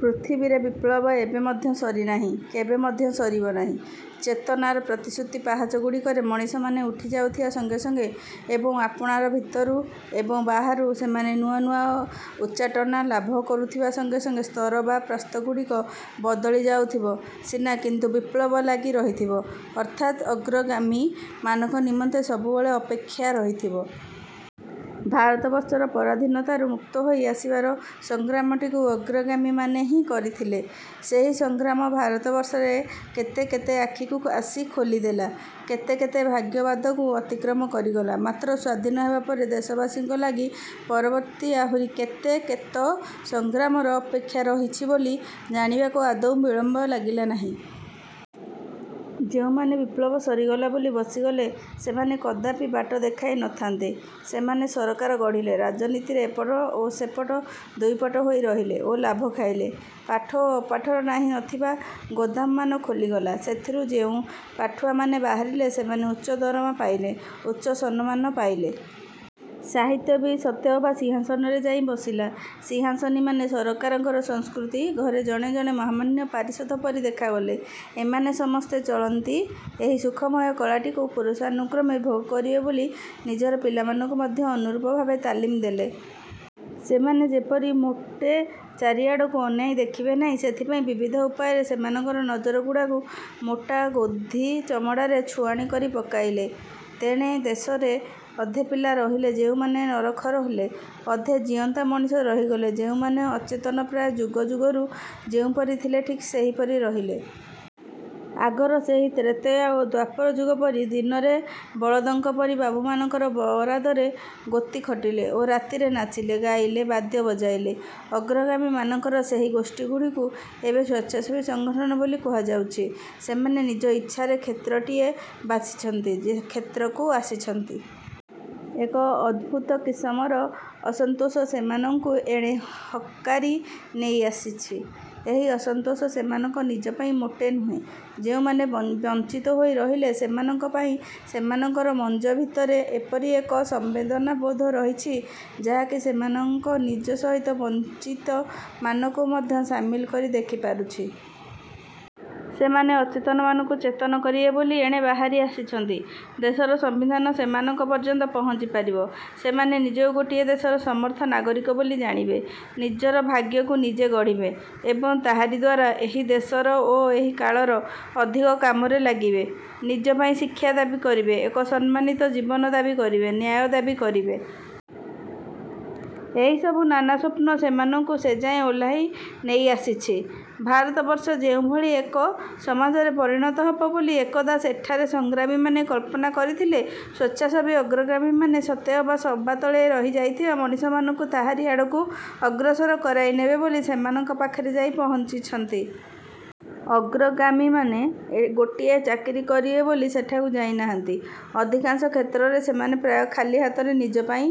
ପୃଥିବୀରେ ବିପ୍ଳବ ଏବେ ମଧ୍ୟ ସରିନାହିଁ, କେବେ ମଧ୍ୟ ସରିବ ନାହିଁ। ଚେତନାର ପ୍ରତିଶ୍ରୁତ ପାହାଚଗୁଡ଼ିକରେ ମଣିଷମାନେ ଉଠି ଯାଉଥିବା ସଙ୍ଗେ ସଙ୍ଗେ ଏବଂ ଆପଣାର ଭିତରୁ ଏବଂ ବାହାରୁ ସେମାନେ ନୂଆ ନୂଆ ଉଚ୍ଚାଟନା ଲାଭ କରୁଥିବା ସଙ୍ଗେ ସଙ୍ଗେ ସ୍ତର ବା ପ୍ରସ୍ଥଗୁଡ଼ିକ ବଦଳି ଯାଉଥିବ ସିନା କିନ୍ତୁ ବିପ୍ଳବ ଲାଗି ରହିଥିବ ଅର୍ଥାତ୍ ଅଗ୍ରଗାମୀ ମାନଙ୍କ ନିମନ୍ତେ ସବୁବେଳେ ଅପେକ୍ଷା ରହିଥିବ। ଭାରତବର୍ଷର ପରାଧିନତାରୁ ମୁକ୍ତ ହୋଇ ଆସିବାର ସଂଗ୍ରାମଟିକୁ ଅଗ୍ରଗାମୀମାନେ ହିଁ କରିଥିଲେ। ସେହି ସଂଗ୍ରାମ ଭାରତବର୍ଷରେ କେତେ କେତେ ଆଖିକୁ ଆସି ଖୋଲିଦେଲା, କେତେ କେତେ ଭାଗ୍ୟବାଦକୁ ଅତିକ୍ରମ କରିଗଲା। ମାତ୍ର ସ୍ୱାଧୀନ ହେବାପରେ ଦେଶବାସୀଙ୍କ ଲାଗି ପରବର୍ତ୍ତୀ ଆହୁରି କେତେ କେତ ସଂଗ୍ରାମର ଅପେକ୍ଷା ରହିଛି ବୋଲି ଜାଣିବାକୁ ଆଦୌ ବିଳମ୍ବ ଲାଗିଲା ନାହିଁ। ଯେଉଁମାନେ ବିପ୍ଳବ ସରିଗଲା ବୋଲି ବସିଗଲେ ସେମାନେ କଦାପି ବାଟ ଦେଖାଇ ନଥାନ୍ତେ। ସେମାନେ ସରକାର ଗଢିଲେ, ରାଜନୀତିରେ ଏପଟ ଓ ସେପଟ ଦୁଇପଟ ହୋଇ ରହିଲେ ଓ ଲାଭ ଖାଇଲେ। ପାଠ ଓ ଅପାଠର ନାହିଁ ନଥିବା ଗୋଦାମମାନ ଖୋଲିଗଲା। ସେଥିରୁ ଯେଉଁ ପାଠୁଆମାନେ ବାହାରିଲେ ସେମାନେ ଉଚ୍ଚ ଦରମା ପାଇଲେ, ଉଚ୍ଚ ସନମାନ ପାଇଲେ। ସାହିତ୍ୟ ବି ସତେଅବା ସିଂହାସନରେ ଯାଇ ବସିଲା। ସିଂହାସନୀମାନେ ସରକାରଙ୍କର ସଂସ୍କୃତି ଘରେ ଜଣେ ଜଣେ ମହାମାନ୍ୟ ପାରିଷଦ ପରି ଦେଖାଗଲେ। ଏମାନେ ସମସ୍ତେ ଚଳନ୍ତି ଏହି ସୁଖମୟ କଳାଟିକୁ ପୁରୁଷାନୁକ୍ରମେ ଭୋଗ କରିବେ ବୋଲି ନିଜର ପିଲାମାନଙ୍କୁ ମଧ୍ୟ ଅନୁରୂପ ଭାବେ ତାଲିମ ଦେଲେ। ସେମାନେ ଯେପରି ମୋଟେ ଚାରିଆଡ଼କୁ ଅନାଇ ଦେଖିବେ ନାହିଁ ସେଥିପାଇଁ ବିବିଧ ଉପାୟରେ ସେମାଙ୍କର ନଜର ଗୁଡ଼ାକୁ ମୋଟା ଗୋଧି ଚମଡ଼ାରେ ଛୁଆଣି କରି ପକାଇଲେ। ତେଣେ ଦେଶରେ ଅଧେ ପିଲା ରହିଲେ ଯେଉଁମାନେ ନରଖର ହେଲେ, ଅଧେ ଜିଅନ୍ତା ମଣିଷ ରହିଗଲେ ଯେଉଁମାନେ ଅଚେତନ ପ୍ରାୟ ଯୁଗ ଯୁଗରୁ ଯେଉଁପରି ଥିଲେ ଠିକ୍ ସେହିପରି ରହିଲେ। ଆଗର ସେହି ତ୍ରେତୟା ଓ ଦ୍ୱାପର ଯୁଗ ପରି ଦିନରେ ବଳଦଙ୍କ ପରି ବାବୁମାନଙ୍କର ବରାଦରେ ଗୋତି ଖଟିଲେ ଓ ରାତିରେ ନାଚିଲେ, ଗାଇଲେ, ବାଦ୍ୟ ବଜାଇଲେ। ଅଗ୍ରଗାମୀମାନଙ୍କର ସେହି ଗୋଷ୍ଠୀଗୁଡ଼ିକୁ ଏବେ ସ୍ୱେଚ୍ଛାସେବୀ ସଂଗଠନ ବୋଲି କୁହାଯାଉଛି। ସେମାନେ ନିଜ ଇଚ୍ଛାରେ କ୍ଷେତ୍ରଟିଏ ବାଛିଛନ୍ତି କ୍ଷେତ୍ରକୁ ଆସିଛନ୍ତି। ଏକ ଅଦ୍ଭୂତ କିସମର ଅସନ୍ତୋଷ ସେମାନଙ୍କୁ ଏଣେ ହକାରି ନେଇ ଆସିଛି। ଏହି ଅସନ୍ତୋଷ ସେମାନଙ୍କ ନିଜ ପାଇଁ ମୋଟେ ନୁହେଁ। ଯେଉଁମାନେ ବଞ୍ଚିତ ହୋଇ ରହିଲେ ସେମାନଙ୍କ ପାଇଁ ସେମାନଙ୍କର ମଞ୍ଜ ଭିତରେ ଏପରି ଏକ ସମ୍ବେଦନାବୋଧ ରହିଛି ଯାହାକି ସେମାନଙ୍କ ନିଜ ସହିତ ବଞ୍ଚିତମାନଙ୍କୁ ମଧ୍ୟ ସାମିଲ କରି ଦେଖିପାରୁଛି। ସେମାନେ ଅଚେତନମାନଙ୍କୁ ଚେତନ କରିବେ ବୋଲି ଏଣେ ବାହାରି ଆସିଛନ୍ତି। ଦେଶର ସମ୍ବିଧାନ ସେମାନଙ୍କ ପର୍ଯ୍ୟନ୍ତ ପହଞ୍ଚି ପାରିବ, ସେମାନେ ନିଜକୁ ଗୋଟିଏ ଦେଶର ସମର୍ଥ ନାଗରିକ ବୋଲି ଜାଣିବେ, ନିଜର ଭାଗ୍ୟକୁ ନିଜେ ଗଢିବେ ଏବଂ ତାହାରି ଦ୍ୱାରା ଏହି ଦେଶର ଓ ଏହି କାଳର ଅଧିକ କାମରେ ଲାଗିବେ, ନିଜ ପାଇଁ ଶିକ୍ଷା ଦାବି କରିବେ, ଏକ ସମ୍ମାନିତ ଜୀବନ ଦାବି କରିବେ, ନ୍ୟାୟ ଦାବି କରିବେ। ଏହିସବୁ ନାନା ସ୍ୱପ୍ନ ସେମାନଙ୍କୁ ସେଯାଏ ଓହ୍ଲାଇ ନେଇ ଆସିଛି। ଭାରତବର୍ଷ ଯେଉଁଭଳି ଏକ ସମାଜରେ ପରିଣତ ହେବ ବୋଲି ଏକଦା ଏଠାରେ ସଂଗ୍ରାମୀମାନେ କଳ୍ପନା କରିଥିଲେ, ସ୍ୱେଚ୍ଛାସେବୀ ଅଗ୍ରଗାମୀମାନେ ସତେ ଅବା ସବାତଳେ ରହି ଯାଇଥିବା ମଣିଷମାନଙ୍କୁ ତାହାରି ଆଡ଼କୁ ଅଗ୍ରସର କରାଇନେବେ ବୋଲି ସେମାନଙ୍କ ପାଖରେ ଯାଇ ପହଞ୍ଚିଛନ୍ତି। ଅଗ୍ରଗାମୀମାନେ ଗୋଟିଏ ଚାକିରି କରିବେ ବୋଲି ସେଠାକୁ ଯାଇନାହାନ୍ତି। ଅଧିକାଂଶ କ୍ଷେତ୍ରରେ ସେମାନେ ପ୍ରାୟ ଖାଲି ହାତରେ ନିଜ ପାଇଁ